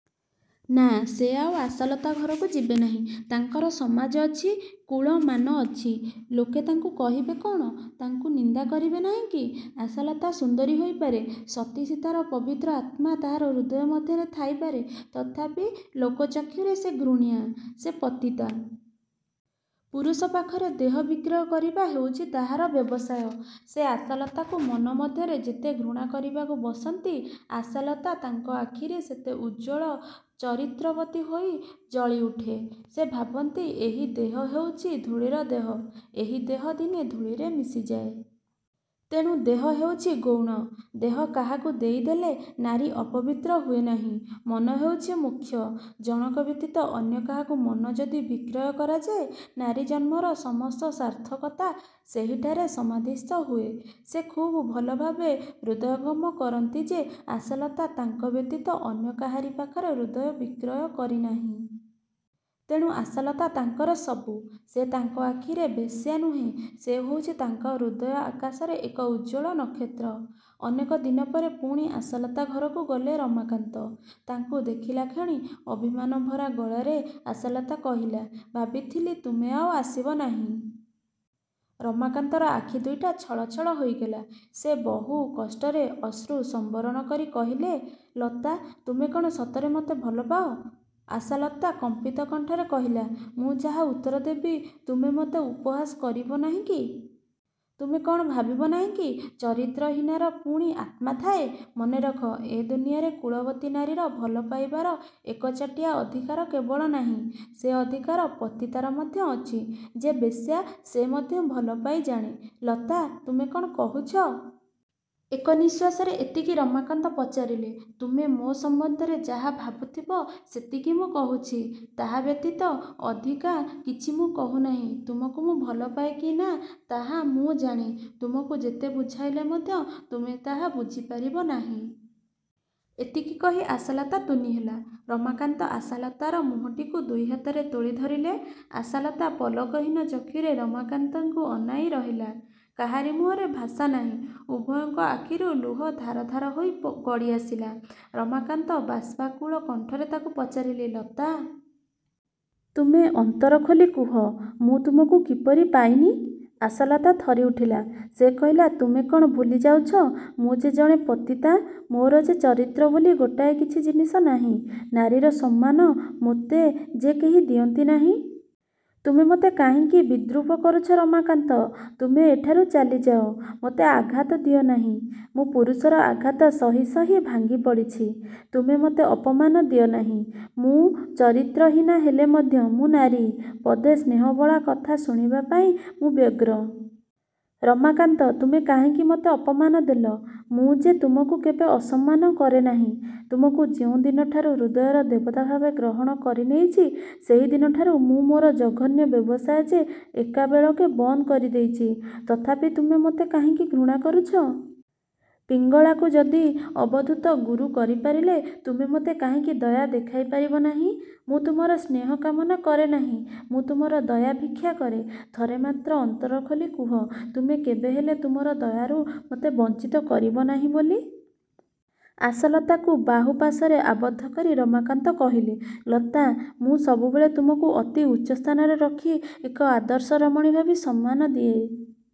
ନା, ସେ ଆଉ ଆଶାଲତା ଘରକୁ ଯିବେନାହିଁ। ତାଙ୍କର ସମାଜ ଅଛି, କୁଳ, ମାନ ଅଛି-। ଲୋକେ ତାଙ୍କୁ କହିବେ କ'ଣ? ତାଙ୍କୁ ନିନ୍ଦା କରିବେ ନାହିଁକି? ଆଶାଲତା ସୁନ୍ଦରୀ ହୋଇପାରେ। ସତୀ ସୀତାର ପବିତ୍ର ଆତ୍ମା ତାହାର ହୃଦୟ ମଧ୍ୟରେ ଥାଇପାରେ। ତଥାପି ଲୋକ ଚକ୍ଷୁରେ ସେ ଘୃଣ୍ୟା, ସେ ପତିତା। ପୁରୁଷ ପାଖରେ ଦେହ ବିକ୍ରୟ କରିବା ହେଉଛି ତାହାର ବ୍ୟବସାୟ। ସେ ଆଶାଲତାକୁ ମନ ମଧ୍ୟରେ ଯେତେ ଘୃଣା କରିବାକୁ ବସନ୍ତି ଆଶାଲତା ତାଙ୍କ ଆଖିରେ ସେତେ ଉଜ୍ଜ୍ୱଳ ଚରିତ୍ରବତୀ ହୋଇ ଜଳିଉଠେ। ସେ ଭାବନ୍ତି ଏହି ଦେହ ହେଉଛି ଧୂଳିର ଦେହ। ଏହି ଦେହ ଦିନେ ଧୂଳିରେ ମିଶିଯାଏ-। ତେଣୁ ଦେହ ହେଉଛି ଗୌଣ। ଦେହ କାହାକୁ ଦେଇଦେଲେ ନାରୀ ଅପବିତ୍ର ହୁଏ ନାହିଁ, ମନ ହେଉଛି ମୁଖ୍ୟ। ଜଣକ ବ୍ୟତୀତ ଅନ୍ୟ କାହାକୁ ମନ ଯଦି ବିକ୍ରୟ କରାଯାଏ ନାରୀ ଜନ୍ମର ସମସ୍ତ ସାର୍ଥକତା ସେହିଠାରେ ସମାଧିସ୍ଥ ହୁଏ। ସେ ଖୁବ୍ ଭଲଭାବେ ହୃଦୟଙ୍ଗମ କରନ୍ତି ଯେ ଆଶାଲତା ତାଙ୍କ ବ୍ୟତୀତ ଅନ୍ୟ କାହାରି ପାଖରେ ହୃଦୟ ବିକ୍ରୟ କରିନାହିଁ। ତେଣୁ ଆଶାଲତା ତାଙ୍କର ସବୁ-। ସେ ତାଙ୍କ ଆଖିରେ ବେଶ୍ୟା ନୁହେଁ। ସେ ହେଉଛି ତାଙ୍କ ହୃଦୟ ଆକାଶରେ ଏକ ଉଜ୍ଜ୍ୱଳ ନକ୍ଷତ୍ର-। ଅନେକ ଦିନପରେ ପୁଣି ଆଶାଲତା ଘରକୁ ଗଲେ ରମାକାନ୍ତ। ତାଙ୍କୁ ଦେଖିଲାକ୍ଷଣି ଅଭିମାନଭରା ଗଳାରେ ଆଶାଲତା କହିଲା, ''ଭାବିଥିଲି ତୁମେ ଆଉ ଆସିବ ନାହିଁ। '' ରମାକାନ୍ତର ଆଖି ଦୁଇଟା ଛଳଛଳ ହୋଇଗଲା। ସେ ବହୁ କଷ୍ଟରେ ଅଶ୍ରୁ ସମ୍ବରଣ କରି କହିଲେ, ''ଲତା! ତୁମେ କ'ଣ ସତରେ ମୋତେ ଭଲପାଅ? '' ଆଶାଲତା କମ୍ପିତ କଣ୍ଠରେ କହିଲା, ''ମୁଁ ଯାହା ଉତ୍ତର ଦେବି ତୁମେ ମୋତେ ଉପହାସ କରିବ ନାହିଁକି? ତୁମେ କ'ଣ ଭାବିବ ନାହିଁକି ଚରିତ୍ରହୀନାର ପୁଣି ଆତ୍ମା ଥାଏ? ମନେରଖ, ଏ ଦୁନିଆରେ କୁଳବତୀ ନାରୀର ଭଲ ପାଇବାର ଏକଚାଟିଆ ଅଧିକାର କେବଳ ନାହିଁ। ସେ ଅଧିକାର ପତିତାର ମଧ୍ୟ ଅଛି। ଯେ ବେଶ୍ୟା ସେ ମଧ୍ୟ ଭଲପାଇ ଜାଣେ। '' ''ଲତା! ତୁମେ କ'ଣ କହୁଛ? '' ଏକ ନିଶ୍ୱାସରେ ଏତିକି ରମାକାନ୍ତ ପଚାରିଲେ। ''ତୁମେ ମୋ ସମ୍ବନ୍ଧରେ ଯାହା ଭାବୁଥିବ ସେତିକି ମୁଁ କହୁଛି। ତାହା ବ୍ୟତୀତ ଅଧିକା କିଛି ମୁଁ କହୁନାହିଁ। ତୁମକୁ ମୁଁ ଭଲପାଏ କି ନା ତାହା ମୁଁ ଜାଣେ। ତୁମକୁ ଯେତେ ବୁଝାଇଲେ ମଧ୍ୟ ତୁମେ ତାହା ବୁଝିପାରିବ ନାହିଁ। ଏତିକି କହି ଆଶାଲତା ତୁନି ହେଲା। ରମାକାନ୍ତ ଆଶାଲତାର ମୁହଁଟିକୁ ଦୁଇହାତରେ ତୋଳି ଧରିଲେ। ଆଶାଲତା ପଲକହୀନ ଚକ୍ଷୁରେ ରମାକାନ୍ତକୁ ଅନାଇ ରହିଲା। କାହାରି ମୁହଁରେ ଭାଷା ନାହିଁ। ଉଭୟଙ୍କ ଆଖିରୁ ଲୁହ ଧାର ଧାର ହୋଇ ଗଡ଼ିଆସିଲା। ରମାକାନ୍ତ ବାଷ୍ପାକୁଳ କଣ୍ଠରେ ତାକୁ ପଚାରିଲେ, ''ଲତା! ତୁମେ ଅନ୍ତର ଖୋଲି କୁହ ମୁଁ ତୁମକୁ କିପରି ପାଇନି? '' ଆଶାଲତା ଥରିଉଠିଲା। ସେ କହିଲା, ''ତୁମେ କ'ଣ ଭୁଲିଯାଉଛ, ମୁଁ ଯେ ଜଣେ ପତିତା। ମୋର ଯେ ଚରିତ୍ର ବୋଲି ଗୋଟାଏ କିଛି ଜିନିଷ ନାହିଁ। ନାରୀର ସମ୍ମାନ ମୋତେ। ଯେ କେହି ଦିଅନ୍ତି ନାହିଁ। ତୁମେ ମୋତେ କାହିଁକି ବିଦ୍ରୂପ କରୁଛ ରମାକାନ୍ତ? ତୁମେ ଏଠାରୁ ଚାଲିଯାଅ-। ମୋତେ ଆଘାତ ଦିଅନାହିଁ। ମୁଁ ପୁରୁଷର ଆଘାତ ସହି ସହି ଭାଙ୍ଗିପଡ଼ିଛି। ତୁମେ ମୋତେ ଅପମାନ ଦିଅନାହିଁ। ମୁଁ ଚରିତ୍ରହୀନା ହେଲେ ମଧ୍ୟ ମୁଁ ନାରୀ। ପଦେ ସ୍ନେହବୋଳା କଥା ଶୁଣିବା ପାଇଁ ମୁଁ ବ୍ୟଗ୍ର। ରମାକାନ୍ତ! ତୁମେ କାହିଁକି ମୋତେ ଅପମାନ ଦେଲ? ମୁଁ ଯେ ତୁମକୁ କେବେ ଅସମ୍ମାନ କରେ ନାହିଁ। ତୁମକୁ ଯେଉଁ ଦିନଠାରୁ ହୃଦୟର ଦେବତା ଭାବେ ଗ୍ରହଣ କରିନେଇଛି ସେହିଦିନଠାରୁ ମୁଁ ମୋର ଜଘନ୍ୟ ବ୍ୟବସାୟ ଯେ ଏକାବେଳକେ ବନ୍ଦ କରିଦେଇଛି। ତଥାପି ତୁମେ ମୋତେ କାହିଁକି ଘୃଣା କରୁଛ? ପିଙ୍ଗଳାକୁ ଯଦି ଅବଧୂତ ଗୁରୁ କରିପାରିଲେ, ତୁମେ ମୋତେ କାହିଁକି ଦୟା ଦେଖାଇପାରିବ ନାହିଁ? ମୁଁ ତୁମର ସ୍ନେହ କାମନା କରେ ନାହିଁ। ମୁଁ ତୁମର ଦୟା ଭିକ୍ଷା କରେ। ଥରେ ମାତ୍ର ଅନ୍ତରଖୋଲି କୁହ, ତୁମେ କେବେହେଲେ ତୁମର ଦୟାରୁ ମୋତେ ବଞ୍ଚିତ କରିବ ନାହିଁ ବୋଲି। ଆଶାଲତାକୁ ବାହୁପାଶରେ ଆବଦ୍ଧକରି ରମାକାନ୍ତ କହିଲେ, ''ଲତା! ମୁଁ ସବୁବେଳେ ତୁମକୁ ଅତି ଉଚ୍ଚ ସ୍ଥାନରେ ରଖି ଏକ ଆଦର୍ଶ ରମଣୀ ଭାବି ସମ୍ମାନ ଦିଏ।